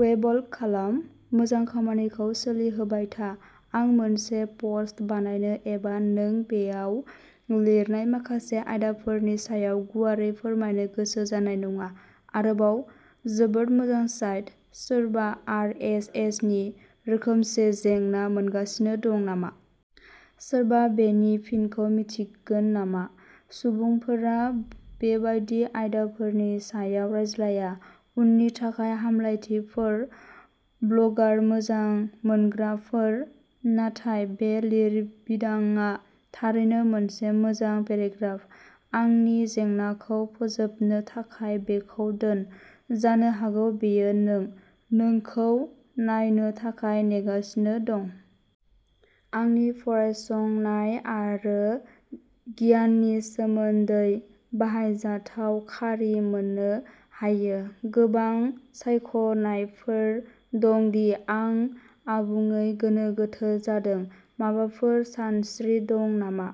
Weblog खालाम, मोजां खामानिखौ सोलिहोबाय था। आं मोनसे पस्ट बानायनो एबा नों बेयाव लिरनाय माखासे आयदाफोरनि सायाव गुवारै फोरमायनो गोसो जानाय नङा। आरोबाव, जोबोद मोजां साइट, सोरबा आर. एस. एस. नि रोखोमसे जेंना मोनगासिनो दं नामा? सोरबा बेनि फिनखौ मिन्थिगोन नामा? सुबुंफोरा बेबादि आयदाफोरनि सायाव रायज्लाया। उननि थाखाय हामलायथिफोर, ब्लगार मोजां मोनग्राफोर नाथाय बे लिरबिदांआ थारैनो मोनसे मोजां पेराग्राफ, आंनि जेंनाखौ फोजोबनो थाखाय बेखौ दोन। जानो हागौ बेयो नों, नोंखौ नायनो थाखाय नेगासिनो दं। आंनि फरायसंनाय आरो गियाननि सोमोन्दै बाहायजाथाव खारि मोननो हायो। गोबां सायख'नायफोर दं दि आं आबुङै गोनो गोथो जादों। माबाफोर सानस्रि दं नामा?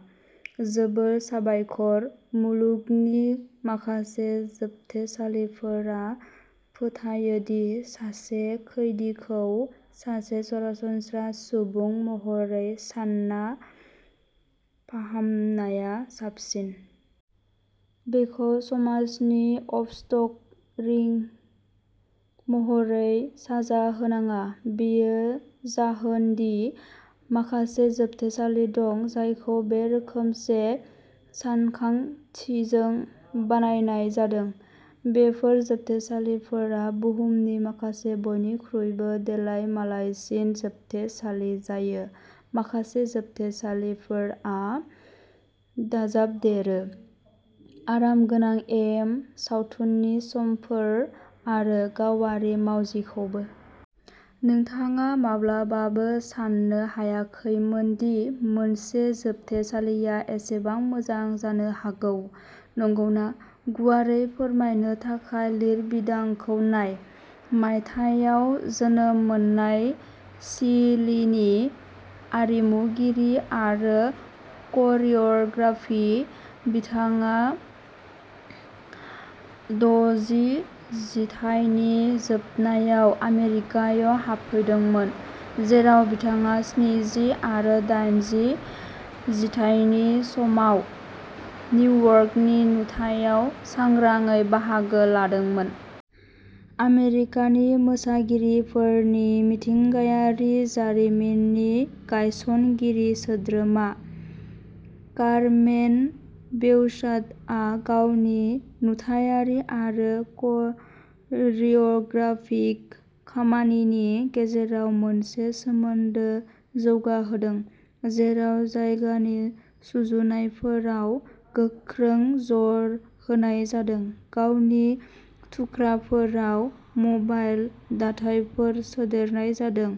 जोबोद साबायखर, मुलुगनि माखासे जोबथेसालिफोरा फोथायो दि सासे खैदिखौ सासे सरासनस्रा सुबुं महरै सानना फाहामनाया साबसिन। बिखौ समाजनि अफस्टक'रिं महरै साजा होनाङा। बेयो जाहोन दि माखासे जोबथेसालि दं जायखौ बे रोखोमसे सानखांथिजों बानायनाय जादों। बेफोर जोबथेसालिफोरा बुहुमनि माखासे बयनिख्रुइबो देलायमालायसिन जोबथेसालि जायो। माखासे जोबथेसालिफोरा दाजाबदेरो। आरामगोनां एम, सावथुननि समफोर, आरो गावारि मावजिखौबो। नोंथाङा माब्लाबाबो सान्नो हायाखैमोन दि मोनसे जोबथेसालिया एसेबां मोजां जानो हागौ। नंगौना? गुवारै फोरमायनो थाखाय लिरबिदांखौ नाय। मायथाइयाव जोनोम मोननाय चिलीनि आरिमुगिरि आरो क'रिय'ग्राफि बिथाङा दजि जिथाइनि जोबनायाव आमेरिकायाव हाबफैदोंमोन, जेराव बिथाङा स्निजि आरो डाइनजि जिथाइनि समाव निउयर्कनि नुथायाव सांग्राङै बाहागो लादोंमोन। आमेरिकानि मोसागिरिफोरनि मिथिंगायारि जारिमिननि गायसनगिरि सोद्रोमा, कारमेन बेउचाटआ गावनि नुथायारि आरो क'रिय'ग्राफिक खामानिनि गेजेराव मोनसे सोमोन्दो जौगाहोदों, जेराव जायगानि सुजुनायफोराव गोख्रों जर होनाय जादों। गावनि थुख्राफोराव मबाइल दाथायफोर सोदेरनाय जादों।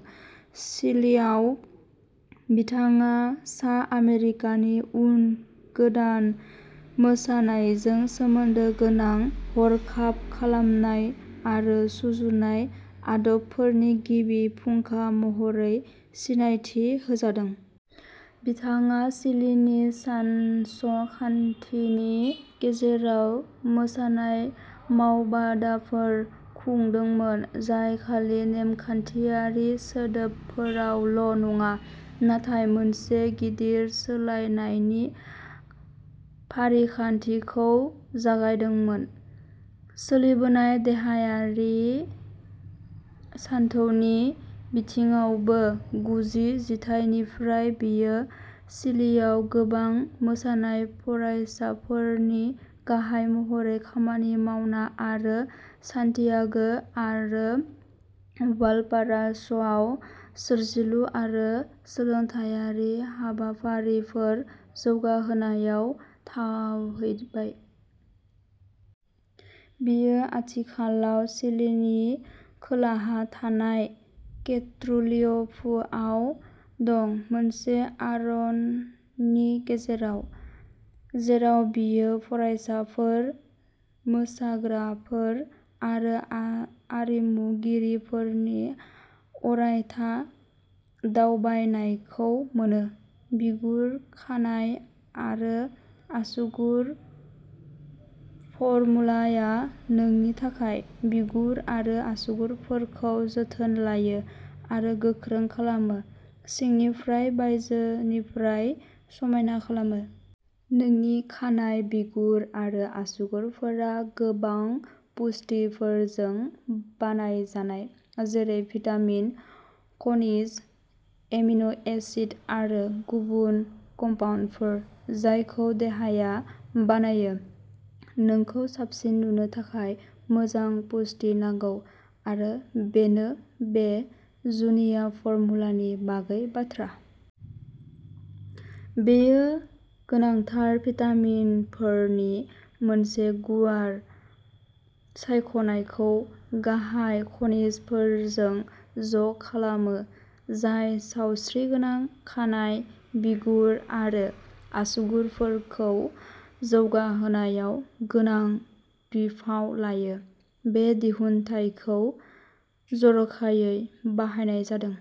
चिलीआव बिथाङा सा आमेरिकानि उन गोदान मोसानायजों सोमोन्दो गोनां हरखाब खालामनाय आरो सुजुनाय आदबफोरनि गिबि फुंखा महरै सिनायथि होजादों। बिथाङा चिलीनि सानस'खानथिनि गेजेराव मोसानाय मावबादाफोर खुंदोंमोन, जाय खालि नेमखान्थियारि सोदोबफोरावल' नङा, नाथाय मोनसे गिदिर सोलायनायनि फारिखान्थिखौ जागायदोंमोन। सोलिबोनाय देहायारि सानथौनि बिथिङावबो गुजि जिथाइनिफ्राय बियो चिलिआव गोबां मोसानाय फरायसालिफोरनि गाहाय महरै खामानि मावना आरो सान्टियागो आरो गुवालपारास'आव सोरजिलु आरो सोलोंथायारि हाबाफारिफोर जौगाहोनायाव थाहैबाय। बियो आथिखालाव चिलिनि खोलाहा थानाय केट्र'लिउफुआव दं, मोनसे आरननि गेजेराव, जेराव बियो फरायसाफोर, मोसाग्राफोर आरो आरिमुगिरिफोरनि अरायथा दावबायनायखौ मोनो। बिगुर, खानाय आरो आसुगुर फर्मुलाया नोंनि थाखाय, बिगुर आरो आसुगुरफोरखौ जोथोन लायो आरो गोख्रों खालामो, सिंनिफ्राय बायजोनिफ्राय समायना खालामो। नोंनि खानाय, बिगुर आरो आसुगुरफोरा गोबां पुष्टिफोरजों बानायजानाय जेरै भिटामिन, खनिज, एमिनो एसिड आरो गुबुन कम्पाउन्डफोर जायखौ देहाया बानायो। नोंखौ साबसिन नुनो थाखाय मोजां पुष्टि नांगौ, आरो बेनो बे जुनिया फर्मुलानि बागै बाथ्रा। बेयो गोनांथार भिटामिनफोरनि मोनसे गुवार सायख'नायखौ गाहाय खनिजफोरजों ज' खालामो जाय सावस्रिगोनां खानाय, बिगुर आरो आसुगुरफोरखौ जौगाहोनायाव गोनां बिफाव लायो। बे दिहुनथायखौ जर'खायै बाहायनाय जादों।